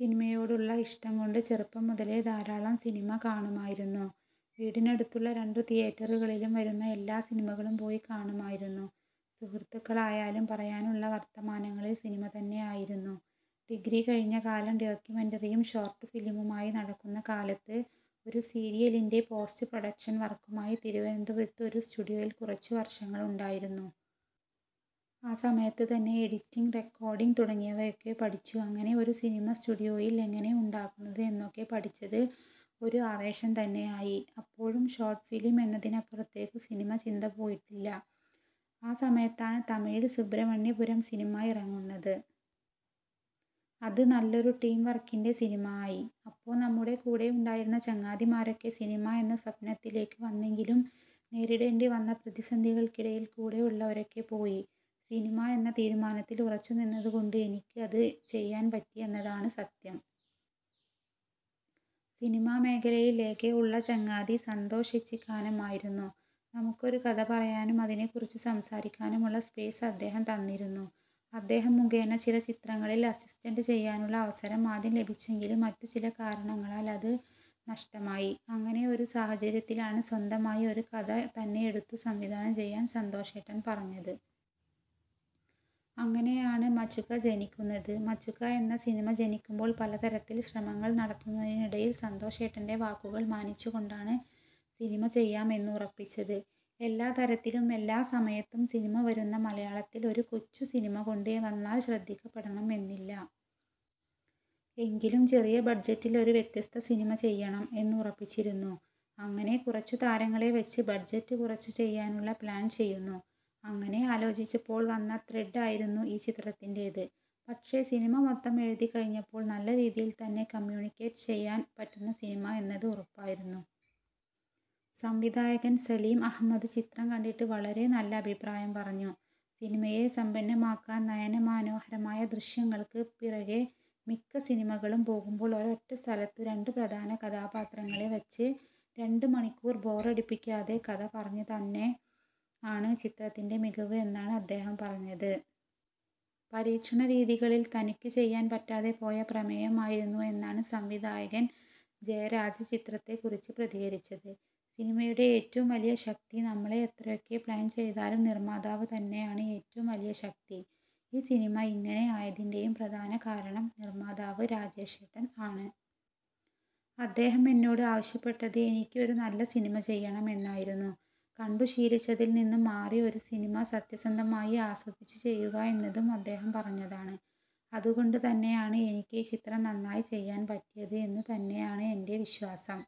സിനിമയോടുള്ള ഇഷ്ടം കൊണ്ട് ചെറുപ്പം മുതലേ ധാരാളം സിനിമ കാണുമായിരുന്നു. വീടിനടുത്തുള്ള രണ്ടു തിയേറ്ററുകളിലും വരുന്ന എല്ലാ സിനിമകളും പോയി കാണുമായിരുന്നു. സുഹൃത്തുക്കളായാലും പറയാനുള്ള വർത്തമാനങ്ങളിൽ സിനിമ തന്നെ ആയിരുന്നു. ഡിഗ്രി കഴിഞ്ഞ കാലം ഡോക്യൂമെൻ്ററിയും ഷോർട് ഫിലിമുമായി നടക്കുന്ന കാലത്ത് ഒരു സീരിയലിൻ്റെ പോസ്റ്റ് പ്രൊഡക്ഷൻ വർക്കുമായി തിരുവനന്തപുരത്തു ഒരു സ്റ്റുഡിയോയിൽ കുറച്ചു വർഷങ്ങൾ ഉണ്ടായിരുന്നു. ആ സമയത്തു തന്നെ എഡിറ്റിംഗ്, റെക്കോർഡിങ് തുടങ്ങിയവയൊക്കെ പഠിച്ചു. അങ്ങനെ ഒരു സിനിമ സ്റ്റുഡിയോയിൽ എങ്ങനെ ഉണ്ടാക്കുന്നത് എന്നൊക്കെ പഠിച്ചത് ഒരു ആവേശം തന്നെ ആയി. അപ്പോഴും ഷോർട് ഫിലിം എന്നതിനപ്പുറത്തേക്കു സിനിമ ചിന്ത പോയിട്ടും ഇല്ല. ആ സമയത്താണ് തമിഴിൽ ' സുബ്രഹ്മണ്യപുരം ' സിനിമ ഇറങ്ങുന്നത്. അത് നല്ലൊരു ടീം വർക്കിൻ്റെ സിനിമ ആയി. അപ്പോ നമ്മുടെ കൂടെ ഉണ്ടായിരുന്ന ചങ്ങാതിമാരൊക്കെ സിനിമ എന്ന സ്വപ്നത്തിലേക്ക് വന്നെങ്കിലും നേരിടേണ്ടി വന്ന പ്രതിസന്ധികൾക്കിടയിൽ കൂടെ ഉള്ളവരൊക്കെ പോയി. സിനിമ എന്ന തീരുമാനത്തിൽ ഉറച്ചു നിന്നതു കൊണ്ട് എനിക്ക് അത് ചെയ്യാൻ പറ്റി എന്നതാണ് സത്യം. സിനിമ മേഖലയിൽ ആകെ ഉള്ള ചങ്ങാതി സന്തോഷ് ഏച്ചിക്കാനം ആയിരുന്നു. നമുക്കൊരു കഥ പറയാനും അതിനെക്കുറിച്ചു സംസാരിക്കാനുമുള്ള സ്പേസ് അദ്ദേഹം തന്നിരുന്നു. അദ്ദേഹം മുഖേന ചില ചിത്രങ്ങളിൽ അസിസ്റ്റ് ചെയ്യാനുള്ള അവസരം ആദ്യം ലഭിച്ചെങ്കിലും മറ്റു ചില കാരണങ്ങളാൽ അത് നഷ്ടമായി. അങ്ങനെ ഒരു സാഹചര്യത്തിലാണ് സ്വന്തമായി ഒരു കഥ തന്നെ എടുത്തു സംവിധാനം ചെയ്യാൻ സന്തോഷേട്ടൻ പറഞ്ഞത്. അങ്ങനെ ആണ് ' മചുക ' ജനിക്കുന്നത്. ' മചുക ' എന്ന സിനിമ ജനിക്കുമ്പോൾ പലതരത്തിൽ ശ്രമങ്ങൾ നടത്തുന്നതിനിടയിൽ സന്തോഷേട്ടൻ്റെ വാക്കുകൾ മാനിച്ചു കൊണ്ടാണ് സിനിമ ചെയ്യാം എന്ന് ഉറപ്പിച്ചത്. എല്ലാ തരത്തിലും എല്ലാ സമയത്തും സിനിമ വരുന്ന മലയാളത്തിൽ ഒരു കൊച്ചു സിനിമ കൊണ്ട് വന്നാൽ ശ്രദ്ധിക്കപ്പെടണം എന്നില്ല. എങ്കിലും ചെറിയ ബഡ്ജറ്റിൽ ഒരു വ്യത്യസ്ത സിനിമ ചെയ്യണം എന്ന് ഉറപ്പിച്ചിരുന്നു. അങ്ങനെ കുറച്ചു താരങ്ങളെ വച്ച് ബഡ്ജറ്റ് കുറച്ചു ചെയ്യാനുള്ള പ്ലാൻ ചെയ്യുന്നു. അങ്ങനെ ആലോചിച്ചപ്പോൾ വന്ന ത്രെഡ് ആയിരുന്നു ഈ ചിത്രത്തിൻ്റേത്. പക്ഷെ സിനിമ മൊത്തം എഴുതി കഴിഞ്ഞപ്പോൾ നല്ല രീതിയിൽ തന്നെ കമ്യൂണിക്കേറ്റ് ചെയ്യാൻ പറ്റുന്ന സിനിമ എന്നത് ഉറപ്പായിരുന്നു. സംവിധായകൻ സലിം അഹമ്മദ് ചിത്രം കണ്ടിട്ട് വളരെ നല്ല അഭിപ്രായം പറഞ്ഞു. സിനിമയെ സമ്പന്നമാക്കാൻ നയന മനോഹരമായ ദൃശ്യങ്ങൾക്ക് പിറകെ മിക്ക സിനിമകളും പോകുമ്പോൾ ഒരൊറ്റ സ്ഥലത്തു രണ്ടു പ്രധാന കഥാപാത്രങ്ങളെ വച്ച് രണ്ടു മണിക്കൂർ ബോറടിപ്പിക്കാതെ കഥ പറഞ്ഞത് തന്നെ ആണ് ചിത്രത്തിൻ്റെ മികവ് എന്നാണു അദ്ദേഹം പറഞ്ഞത്. പരീക്ഷണ രീതികളിൽ തനിക്കു ചെയ്യാൻ പറ്റാതെ പോയ പ്രമേയം ആയിരുന്നു എന്നാണ് സംവിധായകൻ ജയരാജ് ചിത്രത്തെ കുറിച്ച് പ്രതികരിച്ചത്. സിനിമയുടെ ഏറ്റവും വലിയ ശക്തി. നമ്മളെത്രയൊക്കെ പ്ലാൻ ചെയ്താലും നിർമാതാവ് തന്നെ ആണ് ഏറ്റവും വലിയ ശക്തി. ഈ സിനിമ ഇങ്ങനെ ആയതിൻ്റെയും പ്രധാന കാരണം നിർമാതാവ് രാജേഷേട്ടൻ ആണ്. അദ്ദേഹം എന്നോട് ആവശ്യപ്പെട്ടത് ' എനിക്ക് ഒരു നല്ല സിനിമ ചെയ്യണം ' എന്നായിരുന്നു. കണ്ടു ശീലിച്ചതിൽ നിന്നും മാറി ഒരു സിനിമ. സത്യസന്ധമായി ആസ്വദിച്ചു ചെയ്യുക എന്നതും അദ്ദേഹം പറഞ്ഞതാണ്. അതുകൊണ്ടു തന്നെ ആണ് എനിക്ക് ഈ ചിത്രം നന്നായി ചെയ്യാൻ പറ്റിയത് എന്ന് തന്നെ ആണ് എൻ്റെ വിശ്വാസം.